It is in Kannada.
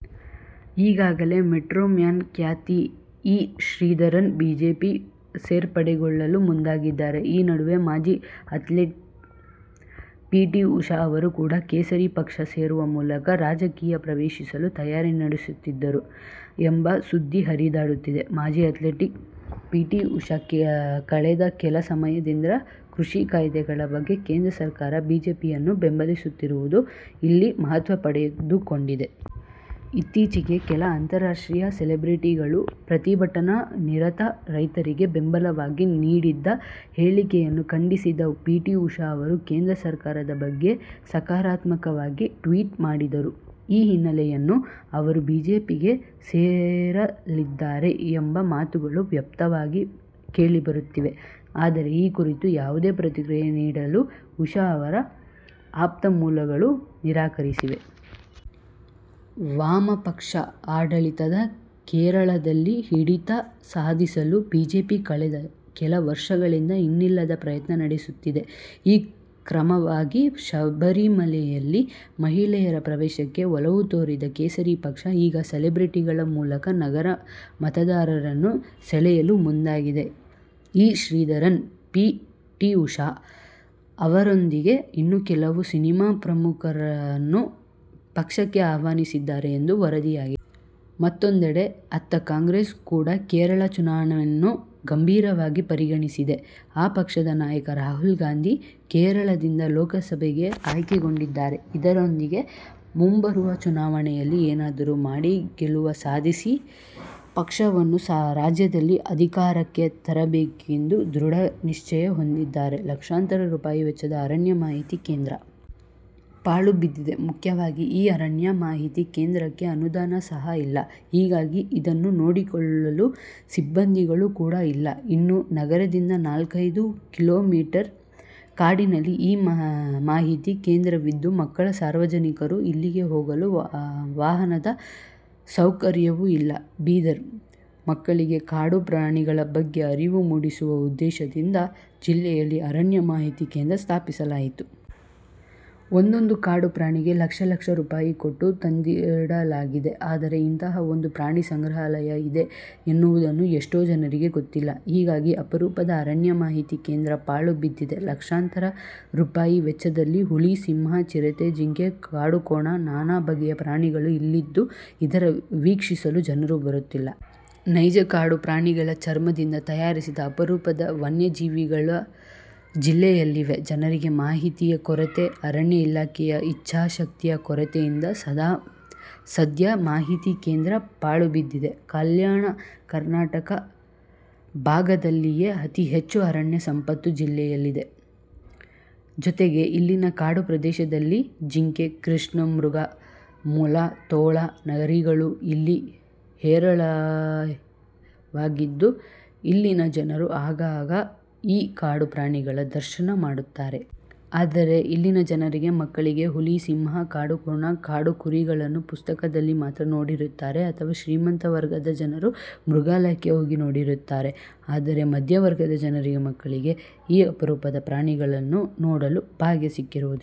ಈಗಾಗಲೇ 'ಮೆಟ್ರೊಮ್ಯಾನ್' ಖ್ಯಾತಿ ಇ. ಶ್ರೀಧರನ್ ಬಿಜೆಪಿ ಸೇರ್ಪಡೆಗೊಳ್ಳಲು ಮುಂದಾಗಿದ್ದಾರೆ. ಈ ನಡುವೆ ಮಾಜಿ ಅಥ್ಲೀಟ್ ಪಿ. ಟಿ. ಉಷಾ ಅವರೂ ಕೂಡ ಕೇಸರಿ ಪಕ್ಷ ಸೇರುವ ಮೂಲಕ ರಾಜಕೀಯ ಪ್ರವೇಶಿಸಲು ತಯಾರಿ ನಡೆಸುತ್ತಿದ್ದಾರೆ ಎಂಬ ಸುದ್ದಿ ಹರಿದಾಡುತ್ತಿದೆ. ಮಾಜಿ ಅಥ್ಲೀಟ್ ಪಿಟಿ ಉಷಾ ಕಳೆದ ಕೆಲ ಸಮಯದಿಂದ ಕೃಷಿ ಕಾಯ್ದೆಗಳ ಬಗ್ಗೆ ಕೇಂದ್ರ ಸರ್ಕಾರ, ಬಿಜೆಪಿಯನ್ನು ಬೆಂಬಲಿಸುತ್ತಿರುವುದು ಇಲ್ಲಿ ಮಹತ್ವಪಡೆದುಕೊಂಡಿದೆ. ಇತ್ತೀಚಿಗೆ ಕೆಲ ಅಂತರಾಷ್ಟ್ರೀಯ ಸೆಲೆಬ್ರೆಟಿಗಳು ಪ್ರತಿಭಟನಾ ನಿರತ ರೈತರಿಗೆ ಬೆಂಬಲವಾಗಿ ನೀಡಿದ್ದ ಹೇಳಿಕೆಯನ್ನು ಖಂಡಿಸಿದ್ದ ಪಿಟಿ ಉಷಾ ಅವರು ಕೇಂದ್ರ ಸರ್ಕಾರದ ಬಗ್ಗೆ ಸಕಾರಾತ್ಮಕವಾಗಿ ಟ್ವೀಟ್ ಮಾಡಿದ್ದರು. ಈ ಹಿನ್ನೆಲೆಯಲ್ಲಿ ಅವರು ಬಿಜೆಪಿಗೆ ಸೇರಲಿದ್ದಾರೆ ಎಂಬ ಮಾತುಗಳು ವ್ಯಾಪಕವಾಗಿ ಕೇಳಿಬರುತ್ತಿವೆ. ಆದರೆ, ಈ ಕುರಿತು ಯಾವುದೇ ಪ್ರತಿಕ್ರಿಯೆ ನೀಡಲು ಉಷಾ ಅವರ ಆಪ್ತ ಮೂಲಗಳು ನಿರಾಕರಿಸಿವೆ. ವಾಮಪಕ್ಷ ಆಡಳಿತದ ಕೇರಳದಲ್ಲಿ ಹಿಡಿತ ಸಾಧಿಸಲು ಬಿಜೆಪಿ ಕಳೆದ ಕೆಲ ವರ್ಷಗಳಿಂದ ಇನ್ನಿಲ್ಲದ ಪ್ರಯತ್ನ ನಡೆಸುತ್ತಿದೆ. ಈ ಕ್ರಮವಾಗಿ ಶಬರಿಮಲೆಯಲ್ಲಿ ಮಹಿಳೆಯರ ಪ್ರವೇಶಕ್ಕೆ ಒಲವು ತೋರಿದ ಕೇಸರಿ ಪಕ್ಷ, ಈಗ ಸೆಲೆಬ್ರಿಟಿಗಳ ಮೂಲಕ ನಗರ ಮತದಾರರನ್ನು ಸೆಳೆಯಲು ಮುಂದಾಗಿದೆ. E. Sreedharan, P. T. Usha ಅವರೊಂದಿಗೆ ಇನ್ನೂ ಕೆಲವು ಸಿನಿಮಾ ಪ್ರಮುಖರನ್ನು ಪಕ್ಷಕ್ಕೆ ಆಹ್ವಾನಿಸಿದ್ದಾರೆ ಎಂದು ವರದಿಯಾಗಿದೆ. ಮತ್ತೊಂದೆಡೆ, ಅತ್ತ ಕಾಂಗ್ರೆಸ್ ಕೂಡ ಕೇರಳ ಚುನಾವಣೆಯನ್ನು ಗಂಭೀರವಾಗಿ ಪರಿಗಣಿಸಿದೆ. ಆ ಪಕ್ಷದ ನಾಯಕ ರಾಹುಲ್ ಗಾಂಧಿ ಕೇರಳದಿಂದ ಲೋಕಸಭೆಗೆ ಆಯ್ಕೆಗೊಂಡಿದ್ದಾರೆ. ಇದರೊಂದಿಗೆ ಮುಂಬರುವ ಚುನಾವಣೆಯಲ್ಲಿ ಏನಾದರೂ ಮಾಡಿ ಗೆಲುವು ಸಾಧಿಸಿ ಪಕ್ಷವನ್ನು ರಾಜ್ಯದಲ್ಲಿ ಅಧಿಕಾರಕ್ಕೆ ತರಬೇಕೆಂಬ ದೃಢನಿಶ್ಚಯ ಹೊಂದಿದ್ದಾರೆ. ಲಕ್ಷಾಂತರ ರೂಪಾಯಿ ವೆಚ್ಚದ ಅರಣ್ಯ ಮಾಹಿತಿ ಕೇಂದ್ರ. ಪಾಳು ಬಿದ್ದಿದೆ ಮುಖ್ಯವಾಗಿ ಈ ಅರಣ್ಯ ಮಾಹಿತಿ ಕೇಂದ್ರಕ್ಕೆ ಅನುದಾನ ಸಹ ಇಲ್ಲಾ. ಹೀಗಾಗಿ ಇದನ್ನ ನೋಡಿಕೊಳ್ಳಲು ಸಿಬ್ಬಂದಿಗಳು ಕೂಡಾ ಇಲ್ಲಾ. ಇನ್ನೂ ನಗರದಿಂದ ನಾಲ್ಕೈದು ಕಿಲೋಮೀಟರ್ ಕಾಡಿನಲ್ಲಿ ಈ ಮಾಹಿತಿ ಕೇಂದ್ರವಿದ್ದು ಮಕ್ಕಳು ಸಾರ್ವಜನಿಕರು ಇಲ್ಲಿಗೆ ಹೋಗಲು ವಾಹನದ ಸೌಕರ್ಯವೂ ಇಲ್ಲಾ. ಬೀದರ್: ಮಕ್ಕಳಿಗೆ ಕಾಡು ಪ್ರಾಣಿಗಳ ಬಗ್ಗೆ ಅರಿವು ಮೂಡಿಸುವ ಉದ್ದೇಶದಿಂದ ಜಿಲ್ಲೆಯಲ್ಲಿ ಅರಣ್ಯ ಮಾಹಿತಿ ಕೇಂದ್ರ ಸ್ಥಾಪಿಸಲಾಯಿತು. ಒಂದೊಂದು ಕಾಡು ಪ್ರಾಣಿಗೆ ಲಕ್ಷ ಲಕ್ಷ ರೂಪಾಯಿ ಕೊಟ್ಟು ತಂದಿಡಲಾಗಿದೆ. ಆದರೆ ಇಂತಹ ಒಂದು ಪ್ರಾಣಿ ಸಂಗ್ರಹಾಲಯ ಇದೆ ಎನ್ನುವುದು ಎಷ್ಟೋ ಜನರಿಗೆ ಗೊತ್ತಿಲ್ಲ. ಹೀಗಾಗಿ ಅಪರೂಪದ ಅರಣ್ಯ ಮಾಹಿತಿ ಕೇಂದ್ರ ಪಾಳು ಬಿದ್ದಿದೆ. ಲಕ್ಷಾಂತರ ರೂಪಾಯಿ ವೆಚ್ಚದಲ್ಲಿ ಹುಲಿ, ಸಿಂಹ, ಚಿರತೆ, ಜಿಂಕೆ, ಕಾಡುಕೋಣ, ನಾನಾ ಬಗೆಯ ಪ್ರಾಣಿಗಳು ಇಲ್ಲಿದ್ದು ಇದರ ವೀಕ್ಷಿಸಲು ಜನರು ಬರುತ್ತಿಲ್ಲ. ನೈಜ ಕಾಡು ಪ್ರಾಣಿಗಳ ಚರ್ಮದಿಂದ ತಯಾರಿಸಿದ ಅಪರೂಪದ ವನ್ಯಜೀವಿಗಳು ಜಿಲ್ಲೆಯಲ್ಲಿವೆ. ಜನರಿಗೆ ಮಾಹಿತಿಯ ಕೊರತೆ, ಅರಣ್ಯ ಇಲಾಖೆಯ ಇಚ್ಚಾಶಕ್ತಿಯ ಕೊರತೆಯಿಂದ ಸದ್ಯ ಮಾಹಿತಿ ಕೇಂದ್ರ ಪಾಳುಬಿದ್ದಿದೆ. ಕಲ್ಯಾಣ ಕರ್ನಾಟಕ ಭಾಗದಲ್ಲಿಯೇ ಅತಿ ಹೆಚ್ಚು ಅರಣ್ಯ ಸಂಪತ್ತು ಜಿಲ್ಲೆಯಲ್ಲಿದೆ. ಜೊತೆಗೆ ಇಲ್ಲಿನ ಕಾಡು ಪ್ರದೇಶದಲ್ಲಿ ಚಿಂಕೆ, ಕೃಷ್ಣಮೃಗ, ಮೊಲ, ತೋಳ, ನರಿಗಳು ಇಲ್ಲಿ ಹೇರಳವಾಗಿದ್ದು ಇಲ್ಲಿನ ಜನರು ಆಗಾಗ ಈ ಕಾಡು ಪ್ರಾಣಿಗಳ ದರ್ಶನ ಮಾಡುತ್ತಾರೆ. ಆದರೆ ಇಲ್ಲಿನ ಜನರಿಗೆ, ಮಕ್ಕಳಿಗೆ ಹುಲಿ, ಸಿಂಹ, ಕಾಡುಕೋಣ, ಕಾಡುಕುರಿಗಳನ್ನ ಪುಸ್ತಕದಲ್ಲಿ ಮಾತ್ರ ನೋಡಿರುತ್ತಾರೆ ಅಥವಾ ಶ್ರೀಮಂತ ವರ್ಗದ ಜನರು ಮೃಗಾಲಯಕ್ಕೆ ಹೋಗಿ ನೋಡಿರುತ್ತಾರೆ. ಆದರೆ ಮದ್ಯಮವರ್ಗದ ಜನರಿಗೆ ಮಕ್ಕಳಿಗೆ ಈ ಅಪರೂಪದ ಪ್ರಾಣಿಗಳನ್ನ ನೋಡುವ ಭಾಗ್ಯ ಸಿಕ್ಕಿರುವುದಿಲ್ಲ.